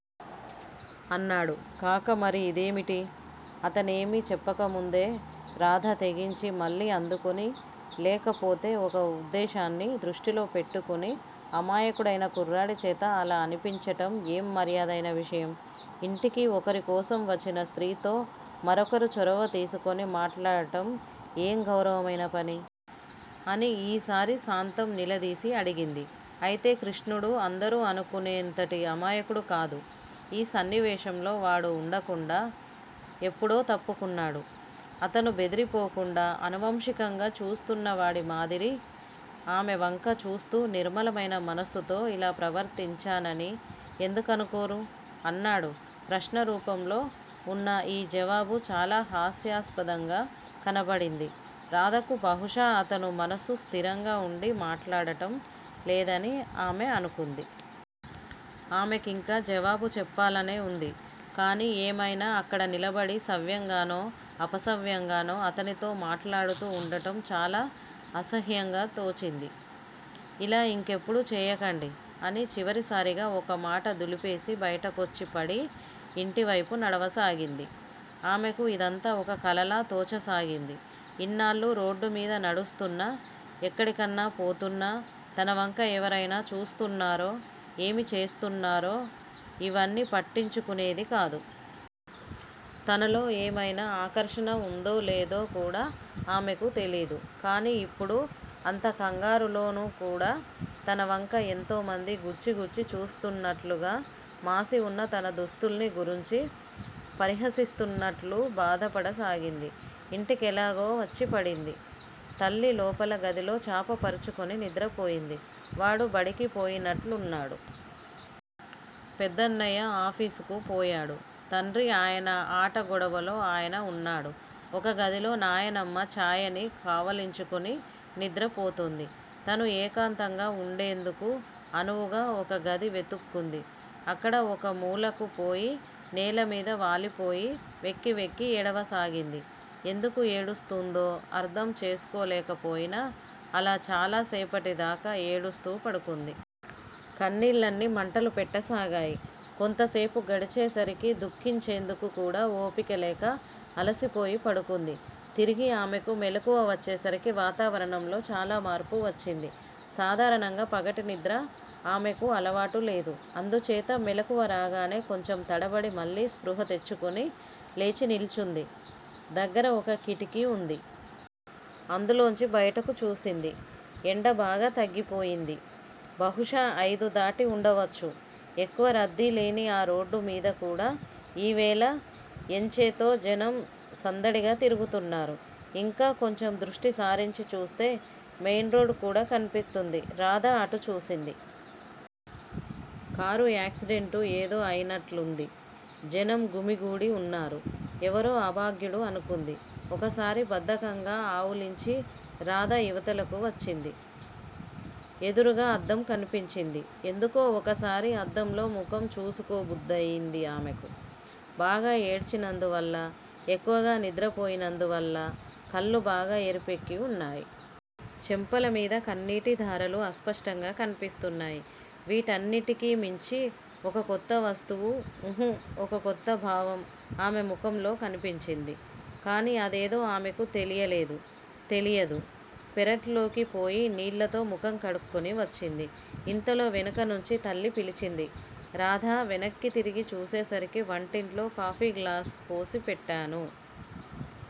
అన్నాడు కాక మరి ఇదేమిటి? అతనేమీ చెప్పకముందే రాధ తెగించి మళ్ళీ అందుకుని, లేకపోతే ఒక ఉద్దేశాన్ని దృష్టిలో పెట్టుకుని అమాయకుడైన కుర్రాడిచేత అలా అనిపించటం ఏం మర్యాదైన విషయం? ఇంటికి ఒకరి కోసం వచ్చిన స్త్రీతో మరొకరు చొరవ తీసుకుని మాట్లాడటం ఏం గౌరవమైన పని? అని ఈసారి సాంతం నిలదీసి అడిగింది. అయితే కృష్ణుడు అందరూ అనుకునేంతటి అమాయకుడు కాదు. ఈ సన్నివేశంలో వాడు వుండకుండా ఎప్పుడో తప్పుకున్నాడు. అతను బెదిరిపోకుండా, అనుషంగికంగా చూస్తున్నవాడి మాదిరి ఆమె వంక చూస్తూ నిర్మలమైన మనస్సుతో ఇలా ప్రవర్తించానని ఎందుకనుకోరు? అన్నాడు. ప్రశ్నరూపంలో వున్న ఈ జవాబు చాలా హాస్యాస్పదంగా కనబడింది రాధకు బహుశా అతను మనస్సు స్థిరంగా వుండి మాట్లాడటం లేదని ఆమె అనుకుంది. ఆమెకింకా జవాబు చెప్పాలనే వుంది. కాని ఏమైనా అక్కడ నిలబడి సవ్యంగానో, అవసవ్యంగానో అతనితో మాట్లాడుతూ వుండటం చాలా అసహ్యంగా తోచింది. ఇలా ఇంకెప్పుడూ చేయకండి అని చివరిసారిగా ఒక మాట దులిపేసి బైటకొచ్చిపడి, ఇంటివైపు నడవసాగింది. ఆమెకు ఇదంతా ఒక కలలా తోచసాగింది. ఇన్నాళ్ళూ రోడ్డుమీద నడుస్తున్నా, ఎక్కడికన్నా పోతున్నా తనవంక ఎవరైనా చూస్తున్నారో, ఏమి చేస్తున్నారో ఇవన్నీ పట్టించుకునేదికాదు. తనలో ఏమయినా ఆకర్షణ వుందో లేదో కూడా ఆమెకు తెలీదు. కాని, ఇప్పుడు అంత కంగారులోనూ కూడా తనవంక ఎంతోమంది గుచ్చి గుచ్చి చూస్తున్నట్లుగా మాసివున్న తన దుస్తుల్ని గురించి పరిహసిస్తున్నట్లూ బాధపడసాగింది. ఇంటికెలాగో వచ్చిపడింది. తల్లి లోపల గదిలో చాప పరుచుకుని నిద్రపోయింది. వాడు బడికి పోయినట్లున్నాడు! పెద్దన్నయ్య ఆఫీసుకు పోయాడు. తండ్రి ఆయన ఆటగొడవలో ఆయన వున్నాడు. ఒక గదిలో నాయనమ్మ ఛాయని కావిలించుకుని నిద్రపోతోంది. తను ఏకాంతంగా వుండేందుకు అనువుగా ఒక గది వెతుక్కుంది. అక్కడ ఒక మూలకుపోయి నేలమీద వాలిపోయి వెక్కి వెక్కి ఏడవసాగింది. ఎందుకు ఏడుస్తూందో అర్థం చేసుకోలేకపోయినా, అలా చాలసేపటి దాకా ఏడుస్తూ పడుకుంది. కళ్ళన్నీ మంటలు పెట్టసాగాయి. కొంతసేపు గడిచేసరికి దుఃఖించేందుకు కూడా ఓపికలేక- అలసిపోయి పడుకుంది. తిరిగి ఆమెకు మెలకువ వచ్చేసరికి వాతావరణంలో చాలా మార్పు వచ్చింది. సాధారణంగా పగటినిద్ర ఆమెకు అలవాటులేదు. అందుచేత మెలకువ రాగానే కొంచెం తడబడి మళ్ళీ స్పృహ తెచ్చుకుని లేచినిల్చుంది దగ్గిర ఒక కిటికీ వుంది. అందులోంచి బయటకు చూసింది. ఎండ బాగా తగ్గిపోయింది. బహుశా ఐదుదాటి వుండవచ్చు. ఎక్కువ రద్దీ లేని ఆ రోడ్డు మీద కూడా ఈ వేళ ఎంచేతో జనం సందడిగా తిరుగుతున్నారు. ఇంకా కొంచెం దృష్టి సారించి చూస్తే మెయిన్ రోడ్ కూడా కనిపిస్తుంది. రాధ అటు చూసింది. కారు యాక్సిడెంటు ఏదో అయినట్లుంది. జనం గుమిగూడి వున్నారు. ఎవరో అభాగ్యుడు అనుకుంది. ఒకసారి బద్ధకంగా ఆవులించి రాధ ఇవతలకు వచ్చింది. ఎదురుగా అద్దం కనిపించింది. ఎందుకో ఒకసారి అద్దంలో ముఖం చూచుకోబుద్ధయింది ఆమెకు. బాగా ఏడ్చినందువల్లా, ఎక్కువగా నిద్రపోయినందువల్లా కళ్ళు బాగా ఎరుపెక్కి వున్నాయి. చెంపలమీద కన్నీటిధారలు అస్పష్టంగా కనిపిస్తున్నాయి. వీటన్నింటికీ మించి ఒక కొత్త వస్తువు ఉహుఁ ఒక కొత్త భావం ఆమె ముఖంలో కనిపించింది. కాని అదేదో ఆమెకు తెలియలేదు, తెలియదు. పెరట్లోకిపోయి నీళ్ళతో ముఖం కడుక్కుని వచ్చింది. ఇంతలో వెనకనుంచి తల్లి పిలిచింది. రాధ వెనక్కి తిరిగి చూసేసరికి వంటింట్లో కాఫీ గ్లాసుపోసి పెట్టాను.